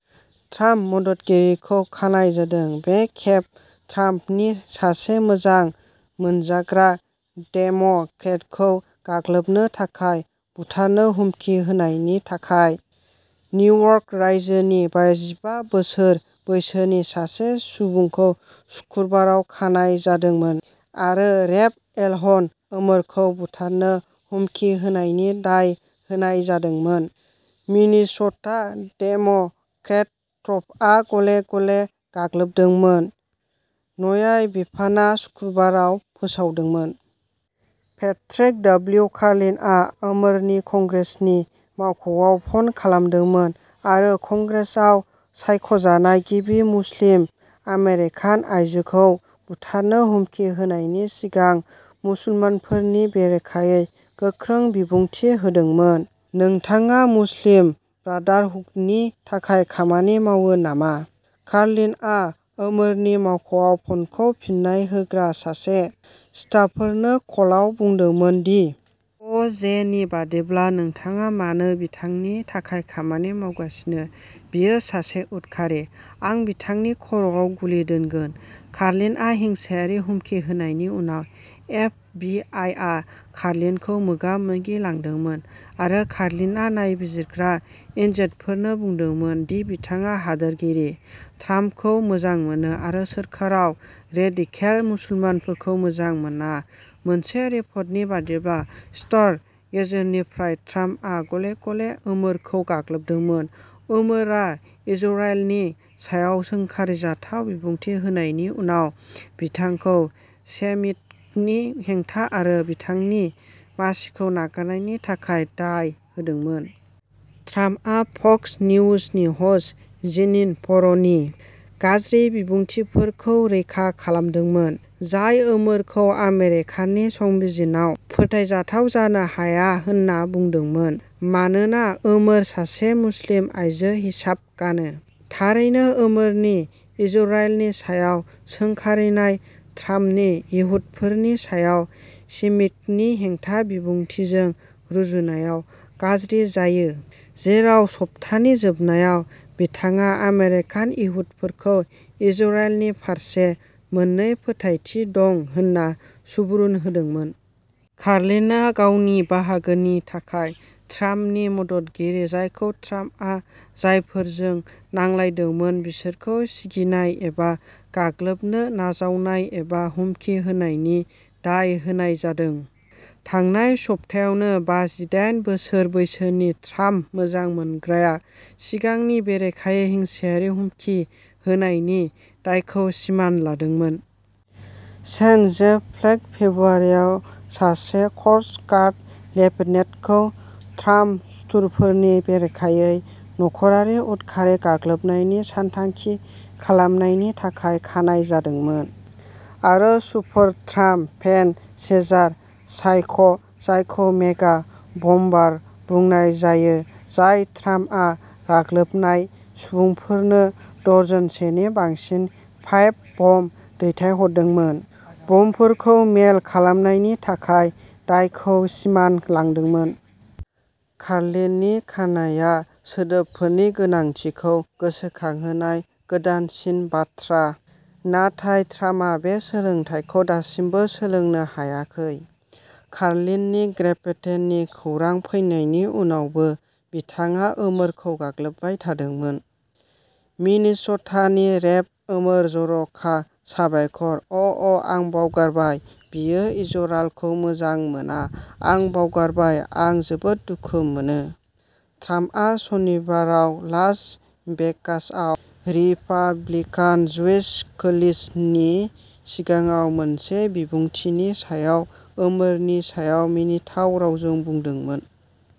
Trump मददगिरिखौ खानाय जादों, बे खेब ट्राम्पनि सासे मोजां मोनजाग्रा डेम'क्रेटखौ गाग्लोबनो थाखाय बुथारनो हुमखि होनायनि थाखाय। निउयर्क रायजोनि बाजिबा बोसोर बैसोनि सासे सुबुंखौ सुक्रुबाराव खानाय जादोंमोन आरो रेप इलहान ओमरखौ बुथारनो हुमखि होनायनि दाय होनाय जादोंमोन, मिनिस'टा डेम'क्रेट ट्राम्पआ गले-गले गाग्लोबदोंमोन, न्याय बिफानआ सुक्रुबाराव फोसावदोंमोन। Patrick W. कार्लिन'आ ओमरनि कंग्रेसनि मावख'आव फन खालामदोंमोन आरो कंग्रेसाव सायख'जानाय गिबि मुस्लिम आमेरिकान आयजोखौ बुथारनो हुमखि होनायनि सिगां मुसलमानफोरनि बेरेखायै गोख्रों बिबुंथि होदोंमोन। "नोंथाङा मुस्लिम ब्रादारहुडनि थाखाय खामानि मावो नामा?" कार्लिन'आ ओमरनि मावख'आव फनखौ फिननाय होग्रा सासे स्टाफारनो कलआव बुंदोंमोन, डि. अ. जे. नि बायदिब्ला। "नोंथाङा मानो बिथांनि थाखाय खामानि मावगासिनो, बियो सासे उदखारि। आं बिथांनि खर'आव गुलि दोनगोन।" कार्लिन'आ हिंसायारि हुमखि होनायनि उनाव एफ. बि. आइ. आ कार्लिन'खौ मोगा-मोगि लादोंमोन, आरो कार्लिन'आ नायबिजिरग्रा एजेन्टफोरनो बुंदोंमोन दि "बिथाङा हादोरगिरि ट्राम्पखौ मोजां मोनो आरो सोरखाराव रेडिकेल मुसलमानफोरखौ मोजां मोना", मोनसे रिपर्टनि बायदिब्ला स्टार गेजेटनिफ्राय ट्राम्पआ गले-गले ओमरखौ गाग्लोबदोंमोन, ओमरआ इजराइलनि सायाव सोंखारिजाथाव बिबुंथि होनायनि उनाव बिथांखौ सेमिटिकनि हेंथा आरो बिथांनि मासिखौ नागारनायनि थाखाय दाय होदोंमोन। ट्राम्पआ फक्स निउजनि ह'स्ट जीनिन पिर'नि गाज्रि बिबुंथिफोरखौबो रैखा खालामदोंमोन, जाय ओमरखौ आमेरिकानि संबिजनाव फोथायजाथाव जानो हाया होनना बुंदोंमोन मानोना ओमर सासे मुस्लिम आयजो हिजाब गानो। थारैनो, ओमरनि इजराइलनि सायाव सोंखारिनाया ट्राम्पनि इहुदिफोरनि सायाव सेमिटिकनि हेंथा बिबुंथिजों रुजुनायाव गाज्रि जायो, जेराव सप्तानि जोबनायाव बिथाङा आमेरिकान इहुदिफोरखौ इजराइलनि फारसे मोन्नै फोथायथि दं होन्ना सुबुरुन होदोंमोन। कार्लिन'आ, गावनि बाहागोनि थाखाय, ट्राम्पनि मददगिरि, जायखौ ट्राम्पआ जायफोरजों नांलायदोंमोन, बिसोरखौ सिगिनाय एबा गाग्लोबनो नाजावनाय एबा हुमकि होनायनि दाय होनाय जादों। थांनाय सप्तायावनो, बाजिडायन बोसोर बैसोनि ट्राम्प मोजां मोनग्राया सिगांनि बेरेखायै हिंसायारि हुमखि होनायनि दायखौ सिमान लादोंमोन। सेन जेफ फ्लेक फेब्रुवारियाव, सासे क'स्ट गार्ड लेफ्टिनेन्टखौ ट्राम्प सुथुरफोरनि बेरेखायै नखरारि उदखारि गाग्लोबनायनि सानथांखि खालामनायनि थाखाय खानाय जादोंमोन। आरो super Trump fan Cesar Sayoc, जायखौ मेगा बमबार बुंनाय जायो जाय ट्राम्पआ गाग्लोबनाय सुबुंफोरनो दर्जनसेनि बांसिन पाइप बम दैथायहरदोंमोन, बमफोरखौ मेइल खालामनायनि थाखाय दायखौ सिमान लादोंमोन। कार्लिन'नि खानायआ सोदोबफोरनि गोनांथिखौ गोसोखांहोनाय गोदानसिन बाथ्रा। नाथाय ट्राम्पआ बे सोलोंथायखौ दासिमबो सोलोंनो हायाखै। कार्लिन'नि ग्रेप्तेननि खौरां फैनायनि उनावबो बिथाङा ओमरखौ गाग्लोबबाय थादोंमोन। "मिनेस'टानि रेप ओमरनो जर'खा साबायखर, अ ', अ', आं बावगारबाय, बियो इजराइलखौ मोजां मोना, आं बावगारबाय, आं जोबोद दुखु मोनो", ट्राम्पआ सनिबाराव लास भेगासआव रिपाब्लिकान ज्युइश कोलिशननि सिगाङाव मोनसे बिबुंथिनि समाव ओमरनि सायाव मिनिथाव रावजों बुंदोंमोन।